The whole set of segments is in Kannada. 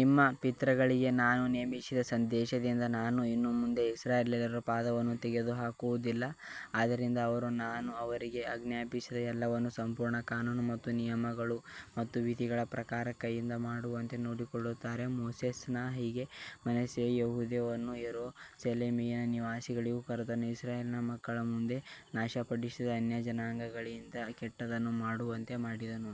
ನಿಮ್ಮ ಪಿತೃಗಳಿಗೆ ನಾನು ನೇಮಿಸಿದ ದೇಶದಿಂದ ನಾನು ಇನ್ನು ಮುಂದೆ ಇಸ್ರಾಯೇಲ್ಯರ ಪಾದವನ್ನು ತೆಗೆದುಹಾಕುವುದಿಲ್ಲ, ಆದ್ದರಿಂದ ಅವರು ನಾನು ಅವರಿಗೆ ಆಜ್ಞಾಪಿಸಿದ ಎಲ್ಲವನ್ನು ಸಂಪೂರ್ಣ ಕಾನೂನು ಮತ್ತು ನಿಯಮಗಳು ಮತ್ತು ವಿಧಿಗಳ ಪ್ರಕಾರ ಕೈಯಿಂದ ಮಾಡುವಂತೆ ನೋಡಿಕೊಳ್ಳುತ್ತಾರೆ. ಮೋಸೆಸ್ ನ ಹೀಗೆ ಮನಸ್ಸೆಯು ಯೆಹೂದವನ್ನೂ ಯೆರೂಸಲೇಮಿನ ನಿವಾಸಿಗಳನ್ನೂ ಕರ್ತನು ಇಸ್ರಾಯೇಲ್ ಮಕ್ಕಳ ಮುಂದೆ ನಾಶಪಡಿಸಿದ ಅನ್ಯಜನಾಂಗಗಳಿಗಿಂತ ಕೆಟ್ಟದ್ದನ್ನು ಮಾಡುವಂತೆ ಮಾಡಿದನು.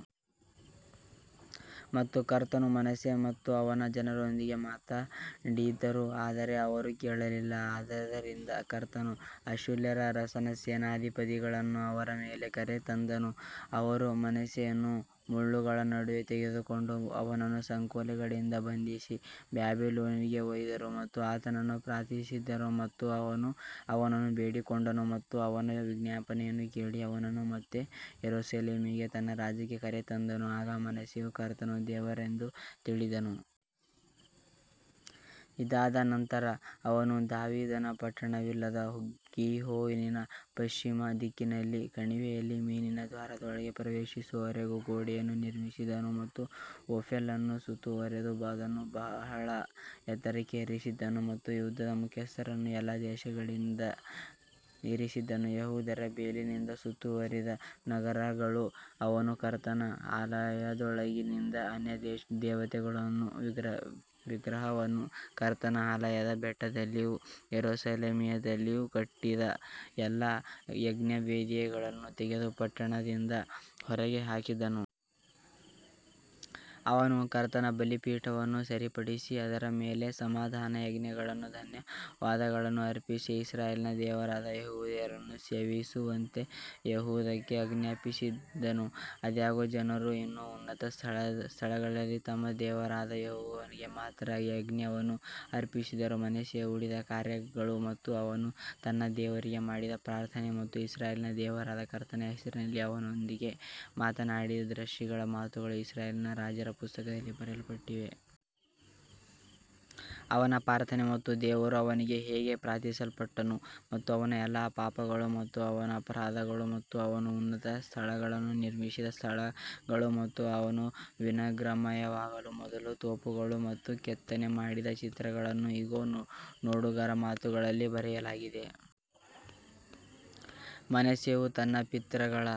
ಮತ್ತು ಕರ್ತನು ಮನಸ್ಸೆ ಮತ್ತು ಅವನ ಜನರೊಂದಿಗೆ ಮಾತಾಡಿದನು ಆದರೆ ಅವರು ಕೇಳಲಿಲ್ಲ ಆದದರಿಂದ ಕರ್ತನು ಅಶ್ಶೂರದ ಅರಸನ ಸೇನಾಧಿಪತಿಗಳನ್ನು ಅವರ ಮೇಲೆ ಕರೆತಂದನು, ಅವರು ಮನಸ್ಸೆಯನ್ನು ಮುಳ್ಳುಗಳ ನಡುವೆ ತೆಗೆದುಕೊಂಡು ಅವನನ್ನು ಸಂಕೋಲೆಗಳಿಂದ ಬಂಧಿಸಿ ಬಾಬಿಲೋನಿಗೆ ಒಯ್ದರು. ಮತ್ತು ಆತನನ್ನು ಪ್ರಾರ್ಥಿಸಿದನು ಮತ್ತು ಅವನು ಅವನನ್ನು ಬೇಡಿಕೊಂಡನು ಮತ್ತು ಅವನ ವಿಜ್ಞಾಪನೆಯನ್ನು ಕೇಳಿ ಅವನನ್ನು ಮತ್ತೆ ಯೆರೂಸಲೇಮಿಗೆ ತನ್ನ ರಾಜ್ಯಕ್ಕೆ ಕರೆತಂದನು, ಆಗ ಮನಸ್ಸೆಯು ಕರ್ತನು ದೇವರೆಂದು ತಿಳಿದನು. ಇದಾದ ನಂತರ ಅವನು ದಾವೀದನ ಪಟ್ಟಣವಿಲ್ಲದೆ ಗೀಹೋನಿನ ಪಶ್ಚಿಮ ದಿಕ್ಕಿನಲ್ಲಿ ಕಣಿವೆಯಲ್ಲಿ ಮೀನಿನ ದ್ವಾರದೊಳಗೆ ಪ್ರವೇಶಿಸುವವರೆಗೂ ಗೋಡೆಯನ್ನು ನಿರ್ಮಿಸಿದನು ಮತ್ತು ಓಫೆಲ್ ಅನ್ನು ಸುತ್ತುವರೆದು ಅದನ್ನು ಬಹಳ ಎತ್ತರಕ್ಕೆ ಏರಿಸಿದನು ಮತ್ತು ಯುದ್ಧದ ಮುಖ್ಯಸ್ಥರನ್ನು ಎಲ್ಲಾ ದೇಶಗಳಲ್ಲಿ ಇರಿಸಿದನು. ಯೆಹೂದದ ಬೇಲಿಯಿಂದ ಸುತ್ತುವರಿದ ನಗರಗಳು ಅವನು ಕರ್ತನ ಆಲಯದೊಳಗಿಂದ ಅನ್ಯದೇವತೆಗಳನ್ನೂ ವಿಗ್ರಹವನ್ನೂ ಕರ್ತನ ಆಲಯದ ಬೆಟ್ಟದಲ್ಲಿಯೂ ಯೆರೂಸಲೇಮಿನಲ್ಲಿಯೂ ಕಟ್ಟಿದ್ದ ಎಲ್ಲಾ ಯಜ್ಞವೇದಿಗಳನ್ನೂ ತೆಗೆದು ಪಟ್ಟಣದಿಂದ ಹೊರಗೆ ಹಾಕಿದನು. ಅವನು ಕರ್ತನ ಬಲಿಪೀಠವನ್ನು ಸರಿಪಡಿಸಿ ಅದರ ಮೇಲೆ ಸಮಾಧಾನಯಜ್ಞಗಳನ್ನೂ ಧನ್ಯವಾದಗಳನ್ನೂ ಅರ್ಪಿಸಿ ಇಸ್ರಾಯೇಲಿನ ದೇವರಾದ ಯೆಹೋವನನ್ನು ಸೇವಿಸುವಂತೆ ಯೆಹೂದಕ್ಕೆ ಆಜ್ಞಾಪಿಸಿದನು. ಆದಾಗ್ಯೂ ಜನರು ಇನ್ನೂ ಉನ್ನತ ಸ್ಥಳಗಳಲ್ಲಿ ತಮ್ಮ ದೇವರಾದ ಯೆಹೋವನಿಗೆ ಮಾತ್ರ ಯಜ್ಞವನ್ನು ಅರ್ಪಿಸಿದರು ಮನಸ್ಸೆಯ ಉಳಿದ ಕಾರ್ಯಗಳು ಮತ್ತು ಅವನು ತನ್ನ ದೇವರಿಗೆ ಮಾಡಿದ ಪ್ರಾರ್ಥನೆ ಮತ್ತು ಇಸ್ರಾಯೇಲಿನ ದೇವರಾದ ಕರ್ತನ ಹೆಸರಿನಲ್ಲಿ ಅವನೊಂದಿಗೆ ಮಾತನಾಡಿದ ದರ್ಶಿಗಳ ಮಾತುಗಳು ಇಸ್ರಾಯೇಲ್ ರಾಜರ ಪುಸ್ತಕದಲ್ಲಿ ಬರೆಯಲ್ಪಟ್ಟಿವೆ. ಅವನ ಪ್ರಾರ್ಥನೆ ಮತ್ತು ದೇವರು ಅವನಿಂದ ಹೇಗೆ ಪ್ರಾರ್ಥಿಸಲ್ಪಟ್ಟನು ಮತ್ತು ಅವನ ಎಲ್ಲಾ ಪಾಪಗಳು ಮತ್ತು ಅವನ ಅಪರಾಧಗಳು ಮತ್ತು ಅವನು ಉನ್ನತ ಸ್ಥಳಗಳನ್ನು ನಿರ್ಮಿಸಿದ ಸ್ಥಳಗಳು ಮತ್ತು ಅವನು ವಿನಮ್ರವಾಗುವ ಮೊದಲು ತೋಪುಗಳು ಮತ್ತು ಕೆತ್ತನೆ ಮಾಡಿದ ಚಿತ್ರಗಳನ್ನು ಇಗೋ, ನೋಡುಗರ ಮಾತುಗಳಲ್ಲಿ ಬರೆಯಲಾಗಿದೆ. ಮನಸ್ಸೆಯು ತನ್ನ ಪಿತೃಗಳ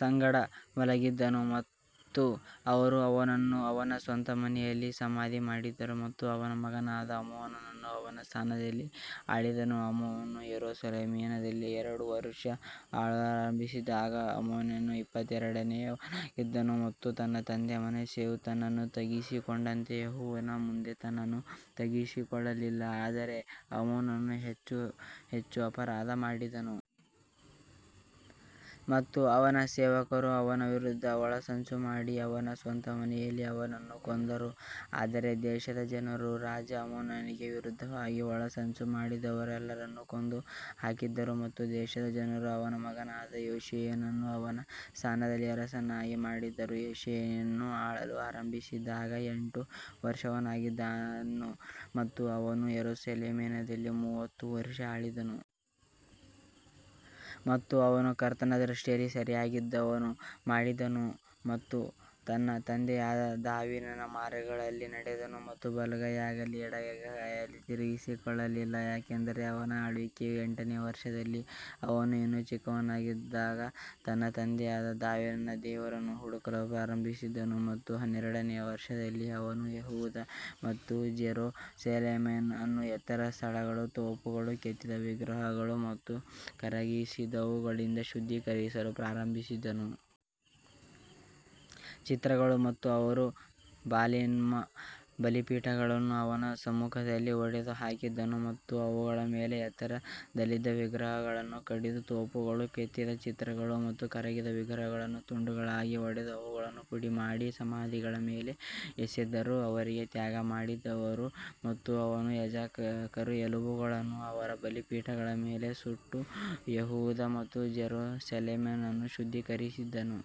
ಸಂಗಡ ಮಲಗಿದನು ಮತ್ತು ಅವರು ಅವನನ್ನು ಅವನ ಸ್ವಂತ ಮನೆಯಲ್ಲಿ ಸಮಾಧಿ ಮಾಡಿದರು ಮತ್ತು ಅವನ ಮಗನಾದ ಆಮೋನನು ಅವನ ಸ್ಥಾನದಲ್ಲಿ ಆಳಿದನು. ಆಮೋನನು ಯೆರೂಸಲೇಮಿನಲ್ಲಿ ಎರಡು ವರುಷ ಆಳಲು ಆರಂಭಿಸಿದಾಗ ಆಮೋನನು ಇಪ್ಪತ್ತೆರಡನೆಯವನಾಗಿದ್ದನು ಮತ್ತು ತನ್ನ ತಂದೆ ಮನಸ್ಸೆಯು ತನ್ನನ್ನು ತಗ್ಗಿಸಿಕೊಂಡಂತೆ ಯೆಹೋವನ ಮುಂದೆ ತನ್ನನ್ನು ತಗ್ಗಿಸಿಕೊಳ್ಳಲಿಲ್ಲ ಆದರೆ ಆಮೋನನು ಹೆಚ್ಚು ಹೆಚ್ಚು ಅಪರಾಧ ಮಾಡಿದನು. ಮತ್ತು ಅವನ ಸೇವಕರು ಅವನ ವಿರುದ್ಧ ಒಳಸಂಚು ಮಾಡಿ ಅವನ ಸ್ವಂತ ಮನೆಯಲ್ಲಿ ಅವನನ್ನು ಕೊಂದರು ಆದರೆ ದೇಶದ ಜನರು ರಾಜ ಆಮೋನನಿಗೆ ವಿರುದ್ಧವಾಗಿ ಒಳಸಂಚು ಮಾಡಿದವರೆಲ್ಲರನ್ನು ಕೊಂದುಹಾಕಿದರು ಮತ್ತು ದೇಶದ ಜನರು ಅವನ ಮಗನಾದ ಯೋಷೀಯನನ್ನು ಅವನ ಸ್ಥಾನದಲ್ಲಿ ಅರಸನನ್ನಾಗಿ ಮಾಡಿದರು. ಯೋಷೀಯನು ಆಳಲು ಆರಂಭಿಸಿದಾಗ ಎಂಟು ವರ್ಷದವನಾಗಿದ್ದನು ಮತ್ತು ಅವನು ಯೆರೂಸಲೇಮಿನಲ್ಲಿ ಮೂವತ್ತು ವರ್ಷ ಆಳಿದನು. ಮತ್ತು ಅವನು ಕರ್ತನ ದೃಷ್ಟಿಯಲ್ಲಿ ಸರಿಯಾದದ್ದನ್ನು ಮಾಡಿದನು ಮತ್ತು ತನ್ನ ತಂದೆಯಾದ ದಾವೀದನ ಮಾರ್ಗಗಳಲ್ಲಿ ನಡೆದನು ಮತ್ತು ಬಲಗೈಯಾಗಲಿ ಎಡಕ್ಕಾಗಲಿ ತಿರುಗಿಕೊಳ್ಳಲಿಲ್ಲ. ಯಾಕಂದರೆ ಅವನ ಆಳ್ವಿಕೆಯ ಎಂಟನೆಯ ವರ್ಷದಲ್ಲಿ ಅವನು ಇನ್ನೂ ಚಿಕ್ಕವನಾಗಿದ್ದಾಗ ತನ್ನ ತಂದೆಯಾದ ದಾವೀದನ ದೇವರನ್ನು ಹುಡುಕಲು ಪ್ರಾರಂಭಿಸಿದನು ಮತ್ತು ಹನ್ನೆರಡನೆಯ ವರ್ಷದಲ್ಲಿ ಅವನು ಯೆಹೂದ ಮತ್ತು ಜೆರುಸಲೆಮ್ ಅನ್ನು ಎತ್ತರದ ಸ್ಥಳಗಳು, ತೋಪುಗಳು, ಕೆತ್ತಿದ ವಿಗ್ರಹಗಳು ಮತ್ತು ಕರಗಿಸಿದವುಗಳಿಂದ ಶುದ್ಧೀಕರಿಸಲು ಪ್ರಾರಂಭಿಸಿದನು. ಚಿತ್ರಗಳು ಮತ್ತು ಅವರು ಬಾಲಿಮ್ನ ಬಲಿಪೀಠಗಳನ್ನು ಅವನ ಸಮ್ಮುಖದಲ್ಲಿ ಒಡೆದು ಹಾಕಿದರು ಮತ್ತು ಅವುಗಳ ಮೇಲೆ ಎತ್ತರದಲ್ಲಿದ್ದ ವಿಗ್ರಹಗಳನ್ನು ಕಡಿದು, ತೋಪುಗಳು, ಕೆತ್ತಿದ ಚಿತ್ರಗಳು ಮತ್ತು ಕರಗಿದ ವಿಗ್ರಹಗಳನ್ನು ತುಂಡುಗಳಾಗಿ ಒಡೆದು ಅವುಗಳನ್ನು ಪುಡಿಮಾಡಿ ಸಮಾಧಿಗಳ ಮೇಲೆ ಎಸೆದರು. ಅವರಿಗೆ ತ್ಯಾಗ ಮಾಡಿದವರು ಮತ್ತು ಅವನು ಯಾಜಕರ ಎಲುಬುಗಳನ್ನು ಅವರ ಬಲಿಪೀಠಗಳ ಮೇಲೆ ಸುಟ್ಟು ಯೆಹೂದ ಮತ್ತು ಜೆರುಸಲೆಮ್ ಅನ್ನು ಶುದ್ಧೀಕರಿಸಿದನು.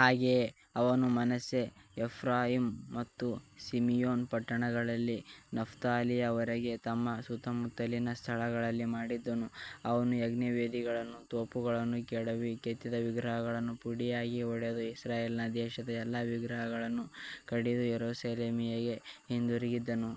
ಹಾಗೆಯೇ ಅವನು ಮನಸ್ಸೆ, ಎಫ್ರಾಯೀಮ್ ಮತ್ತು ಸಿಮಿಯೋನ್ ಪಟ್ಟಣಗಳಲ್ಲಿ ನಫ್ತಾಲಿಯ ವರೆಗೆ ತಮ್ಮ ಸುತ್ತುಮುತ್ತಲಿನ ಸ್ಥಳಗಳಲ್ಲಿ ಮಾಡಿದನು. ಅವನು ಯಜ್ಞವೇದಿಗಳನ್ನೂ ತೋಪುಗಳನ್ನೂ ಕೆಡವಿ ಕೆತ್ತಿದ ವಿಗ್ರಹಗಳನ್ನು ಪುಡಿಯಾಗಿ ಹೊಡೆದು ಇಸ್ರಾಯೇಲ್ ದೇಶದ ಎಲ್ಲಾ ವಿಗ್ರಹಗಳನ್ನು ಕಡಿದು ಯೆರೂಸಲೇಮಿಗೆ ಹಿಂದಿರುಗಿದನು.